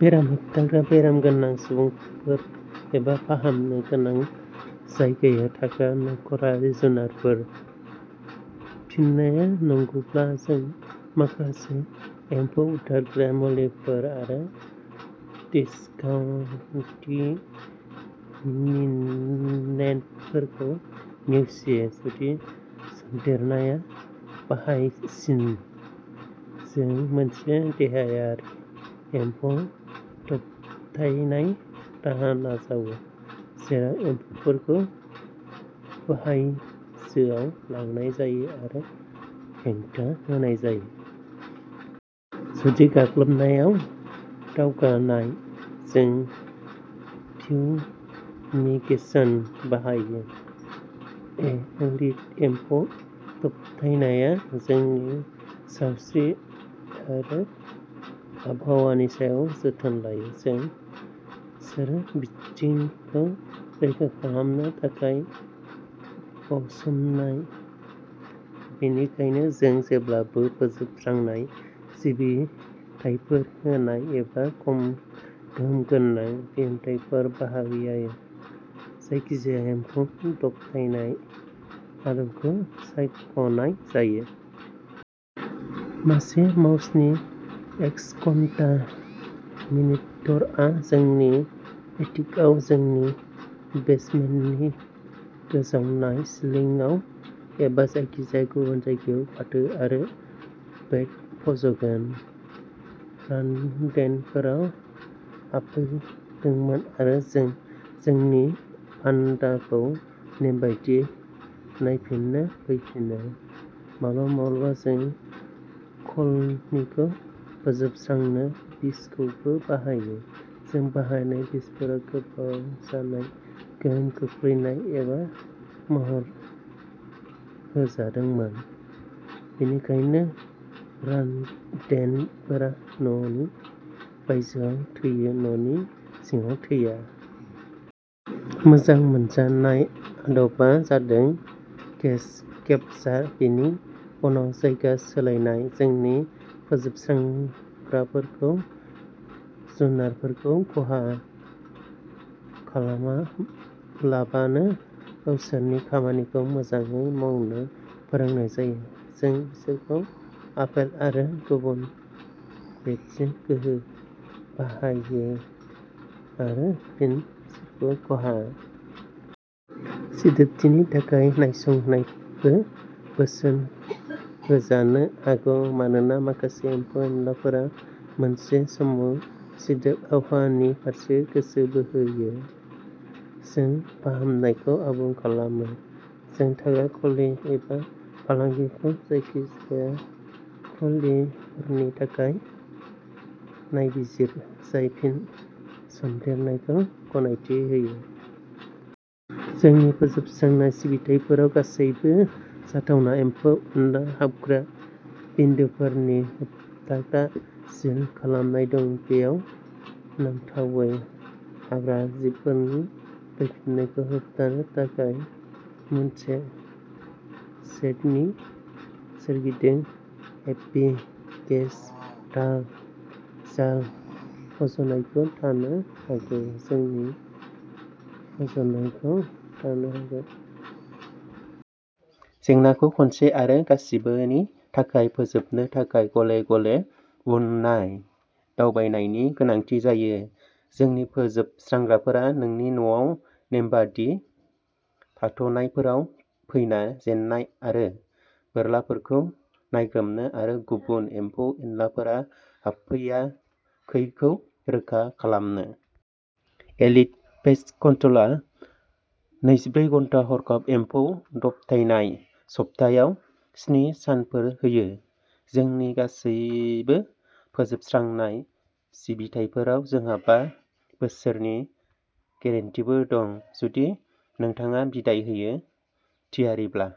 बेराम होबथाग्रा बेराम गोनां सुबुंफोर एबा फाहामनो गोनां जायगायाव थाग्रा नखरारि जुनारफोर? फिननाया नंगौब्ला, जों माखासे एम्फौ बुथारग्रा मुलिफोर आरो दिसकन्टामिनेन्टफोरखौ नेवसियो। जुदि सन्देरनाया बाङायसिन, जों मोनसे देहायारि एम्फौ दबथायनाय राहा नाजावो, जेराव एम्फौफोरखौ बायजोआव लांनाय जायो आरो हेंथा होनाय जायो। जुदि गाग्लोबनाया दावगानाय, जों फिउमिगेसन बाहायो। एलिट एम्फौ दबथायनाया नोंनि सावस्रि आरो आबहावानि सायाव जोथोन लायो। जों सोरबिथिंखौ रैखा खालामनो थाखाय बाउसोमनाय, बेनिखायनो जों जेब्लाबो फोजोबस्रांनाय सिबिथायफोर होनाय समाव खम गोहोम गोनां दिहुनथायफोर बाहायो, जायखिजाया एम्फौ दबथायनाय आदबखौ सायख'नाय जायो। मासे माउसनि एक्सकन्टामिनेटरआ नोंनि एटिकआव, नोंनि बेसमेन्टनि गोजावनाय सिलिंआव एबा जायखिजाया गुबुन जायगायाव फाथो आरो बेट फज'गोन। रोदेन्टफोरा हाबफैदोंमोन, आरो जों जोंनि फान्दाखौ नेमबादियै नायफिन्नो फैफिनो। माब्लाबा-माब्लाबा, जों कल'निखौ फोजोबस्रांनो बिसखौबो बाहायो। जों बाहायनाय बिसफोरा गोबाव जानाय गोहोम खोख्लैनो थाखाय महर होजादोंमोन, बेनिखायनो रोदेन्टफोरा न'नि बायजोआव थैयो न'नि सिङाव थायै। मोजां मोनजानाय आदबा जादों केज-केपसार, बेनि उनाव जायगा सोलायनाय। जोंनि फोजोबस्रांग्राफोरखौ जुनारफोरखौ खहा खालामालाबानो गावसोरनि खामानिखौ मोजाङै मावनो फोरोंनाय जायो। जों बिसोरखौ आपेल आरो गुबुन बेटजों गोसो बोहोयो आरो फिन बिसोरखौ हमथियो, गासैबो ग्लब्स आरो रैखाथि होग्रा गियार गाननानै। सिदोबथिनि थाखाय नायसंनायबो बोसोन होजानो हागौ, मानोना माखासे एम्फौ-एनलाफोरा मोनसे समाव सिदोब आबहावानि फारसे गोसो बोहोयो। जों फाहामनायखौ आबुं खालामो, जों थाग्रा खुलि एबा फालांगिखौ जायखिजाया खुलिफोरनि थाखाय नायबिजिरो जाय फिन-सन्देरनायखौ गनायथि होनो हागौ। जोंनि फोजोबस्रांनाय सिबिथाइफोराव गासैबो जाथावना एम्फौ-एनला हाबग्रा बिन्दोफोरनि होबथाग्रा सिल खालामनाय दं; बेयाव नांथावै हाग्राजिबफोरनि फैफिन्नायखौ होबथानो थाखाय मोनसे सेडनि सोरगिदिं हेभि-गेज तार जाल फज'नायबो थानो हागौ। जोंनि तेकनिसियानफोरनि गाहाय थांखिया फुंखायाव जेंनाखौ फाहामनाय, जाहाथे एम्फौ-एनलाफोरा नोंथांनि न'नि गोजोन आबहावाखौ गाज्रि खालामालासे थायो। जेंनाखौ खनसे आरो गासिबोनि थाखाय फोजोबनो थाखाय, गले-गले उन-नाय दावबायनायनि गोनांथि जायो। जोंनि फोजोबस्रांग्राफोरा नोंनि न'आव नेमबादि थाद'नायफोराव फैना जेन्नाय आरो बोरलाफोरखौ नायग्रोमनो आरो गुबुन एम्फौ-एनलाफोरा हाबफैाखैखौ रोखा खालामनो हायो। गुबुन फाहामनायफोरा गोनांथि बायदियै खालामजानो हागौ। एलिट पेस्ट कन्ट्र'लआ नैजिब्रै घन्टा हरखाब एम्फौ दबथायनाय, सप्तायाव स्नि सानफोर होयो। जोंनि गासिबो फोजोबस्रांनाय सिबिथाइफोराव जोंहा बा बोसोरनि गेरेन्टीबो दं। जुदि नोंथाङा बिदाइ होनो थियारिब्ला।